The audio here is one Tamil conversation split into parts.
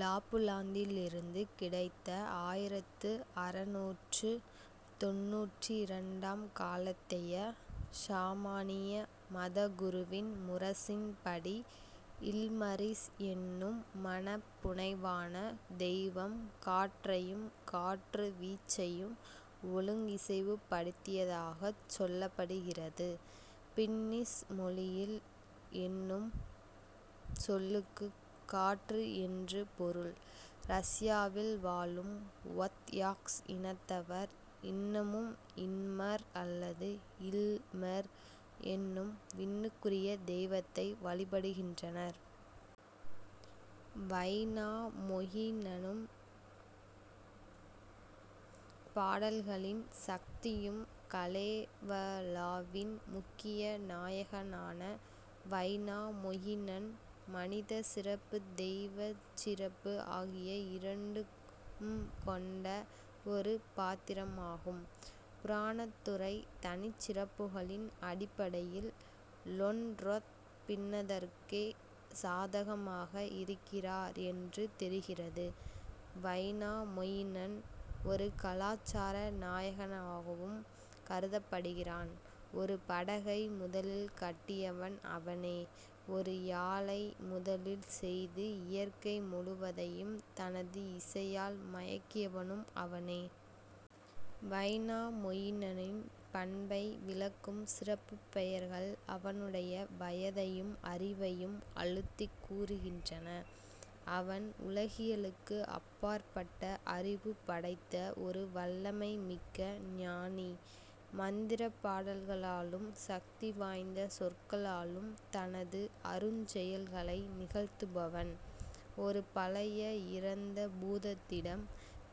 லாப்புலாந்திலிருந்து கிடைத்த ஆயிரத்து அறுநூற்று தொண்ணூற்றிரண்டாம் காலத்தைய ஷமானிய மதகுருவின் முரசின்படி இல்மரிஸ் என்னும் மனப்புனைவான தெய்வம் காற்றையும் காற்றுவீச்சையும் ஒழுங்கிசைவுப்படுத்தியதாகச் சொல்லப்படுகிறது. பின்னிஷ் மொழியில் என்னும் சொல்லுக்குக் காற்று என்று பொருள். ரஷ்யாவில் வாழும் வொத்யாக்ஸ் இனத்தவர் இன்னமும் இன்மர் அல்லது இல்மெர் என்னும் விண்ணுக்குரிய தெய்வத்தை வழிபடுகின்றனர். வைனாமொயினனும் பாடல்களின் சக்தியும் கலேவலாவின் முக்கிய நாயகனான வைனாமொயினன் மனிதச் சிறப்பு தெய்வச் சிறப்பு ஆகிய இரண்டும் கொண்ட ஒரு பாத்திரமாகும். புராணத்துறைத் தனிச்சிறப்புகளின் அடிப்படையில் லொண்ரொத் பின்னதற்கே சாதகமாக இருக்கிறார் என்று தெரிகிறது. வைனாமொயினன் ஒரு கலாசார நாயகனாகவும் கருதப்படுகிறான் ஒரு படகை முதலில் கட்டியவன் அவனே ஒரு யாழை முதலில் செய்து இயற்கை முழுவதையும் தனது இசையால் மயக்கியவனும் அவனே. வைனாமொயினனின் பண்பை விளக்கும் சிறப்புப் பெயர்கள் அவனுடைய வயதையும் அறிவையும் அழுத்திக் கூறுகின்றன அவன் உலகியலுக்கு அப்பாற்பட்ட அறிவு படைத்த ஒரு வல்லமைமிக்க ஞானி மந்திரப் பாடல்களாலும் சக்தி வாய்ந்த சொற்களாலும் தனது அருஞ்செயல்களை நிகழ்த்துபவன். ஒரு பழைய இறந்த பூதத்திடம்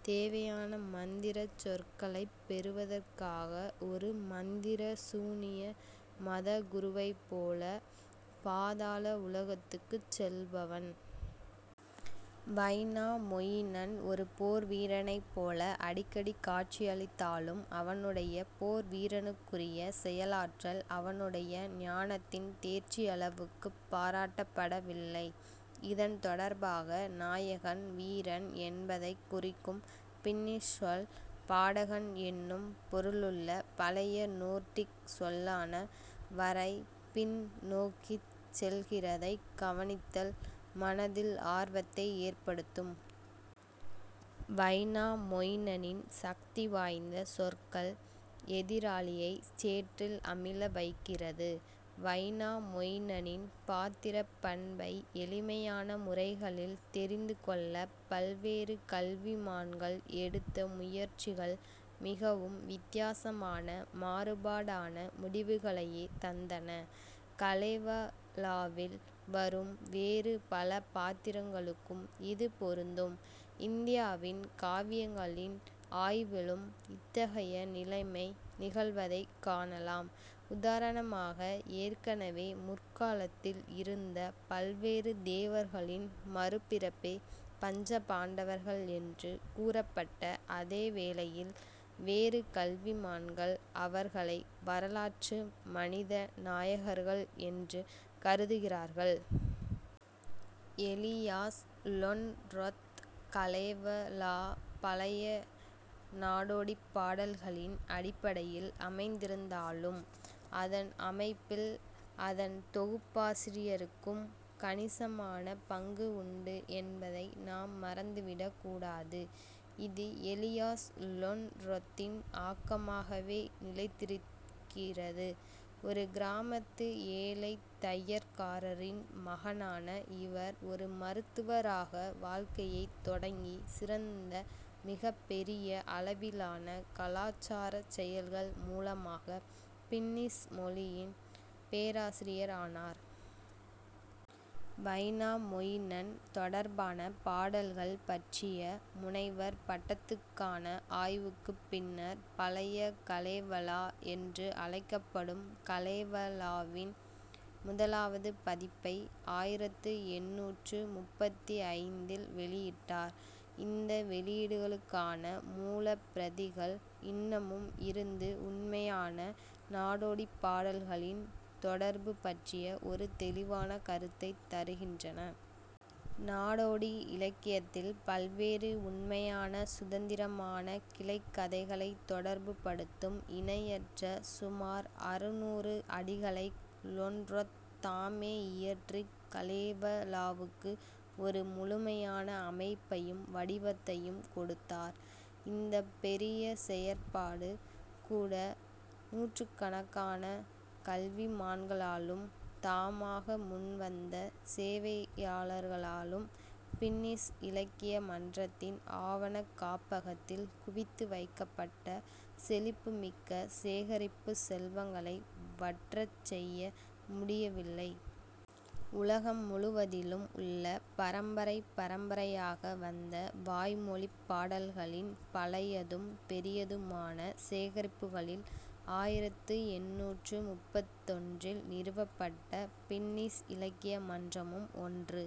தேவையான மந்திரச் சொற்களைப் பெறுவதற்காக ஒரு மந்திர சூனிய மதகுருவைப்போல பாதாள உலகத்துக்குச் செல்பவன். வைனாமொயினன் ஒரு போர்வீரனைப் போல அடிக்கடி காட்சியளித்தாலும் அவனுடைய போர்வீரனுக்குரிய செயலாற்றல் அவனுடைய ஞானத்தின் தேர்ச்சியளவுக்குப் பாராட்டப்படவில்லை. இதன் தொடர்பாக நாயகன் வீரன் என்பதைக் குறிக்கும் பின்னிஷ் சொல் பாடகன் என்னும் பொருளுள்ள பழைய நோர்டிக் சொல்லான வரை பின் நோக்கிச் செல்கிறதைக் கவனித்தல் மனதில் ஆர்வத்தை ஏற்படுத்தும். வைனாமொயினனின் சக்தி வாய்ந்த சொற்கள் எதிராளியைச் சேற்றில் அமிழ வைக்கிறது. வைனாமொயினனின் பாத்திரப் பண்பை எளிமையான முறைகளில் தெரிந்து கொள்ளப் பல்வேறு கல்விமான்கள் எடுத்த முயற்சிகள் மிகவும் வித்தியாசமான மாறுபாடான முடிவுகளையே தந்தன. கலேவலாவில் வரும் வேறு பல பாத்திரங்களுக்கும் இது பொருந்தும். இந்தியாவின் காவியங்களின் ஆய்விலும் இத்தகைய நிலைமை நிகழ்வதைக் காணலாம் உதாரணமாக ஏற்கனவே முற்காலத்தில் இருந்த பல்வேறு தேவர்களின் மறுபிறப்பே பஞ்சபாண்டவர்கள் என்று கூறப்பட்ட அதே வேளையில் வேறு கல்விமான்கள் அவர்களை வரலாற்று மனித நாயகர்கள் என்று கருதுகிறார்கள். எலியாஸ் லொண்ரொத் கலேவலா பழைய நாடோடிப் பாடல்களின் அடிப்படையில் அமைந்திருந்தாலும் அதன் அமைப்பில் அதன் தொகுப்பாசிரியருக்கும் கணிசமான பங்கு உண்டு என்பதை நாம் மறந்து விடக் கூடாது. இது எலியாஸ் லொண்ரொத்தின் ஆக்கமாகவே நிலைத்திருக்கிறது ஒரு கிராமத்து ஏழைத் தையற்காரரின் மகனான இவர் ஒரு மருத்துவராக வாழ்க்கையைத் தொடங்கி சிறந்த மிகப் பெரிய அளவிலான கலாசாரச் செயல்கள் மூலமாகப் பின்னிஷ் மொழியின் பேராசிரியர் ஆனார். வைனாமொயினன் தொடர்பான பாடல்கள் பற்றிய முனைவர் பட்டத்துக்கான ஆய்வுக்குப் பின்னர் பழைய கலேவலா என்று அழைக்கப்படும் கலேவலாவின் முதலாவது பதிப்பை ஆயிரத்து எண்ணூற்று முப்பத்தி ஐந்தில் வெளியிட்டார். இந்த வெளியீடுகளுக்கான மூலப் பிரதிகள் இன்னமும் இருந்து உண்மையான நாடோடிப் பாடல்களின் தொடர்பு பற்றிய ஒரு தெளிவான கருத்தைத் தருகின்றன. நாடோடி இலக்கியத்தில் பல்வேறு உண்மையான சுதந்திரமான கிளைக் கதைகளைத் தொடர்புபடுத்தும் இணையற்ற சுமார் அறுநூறு அடிகளை லொண்ரொத் தாமே இயற்றிக் கலேவலாவுக்கு ஒரு முழுமையான அமைப்பையும் வடிவத்தையும் கொடுத்தார். இந்தப் பெரிய செயற்பாடுகூட நூற்றுக்கணக்கான கல்விமான்களாலும் தாமாக முன்வந்த சேவையாளர்களாலும் பின்னிஷ் இலக்கிய மன்றத்தின் ஆவணக் காப்பகத்தில் குவித்து வைக்கப்பட்ட செழிப்புமிக்க சேகரிப்புச் செல்வங்களை வற்றச் செய்ய முடியவில்லை. உலகம் முழுவதிலும் உள்ள பரம்பரை பரம்பரையாக வந்த வாய்மொழிப் பாடல்களின் பழையதும் பெரியதுமான சேகரிப்புகளில் ஆயிரத்து எண்ணூற்று முப்பத்தொன்றில் நிறுவப்பட்ட பின்னிஷ் இலக்கிய மன்றமும் ஒன்று.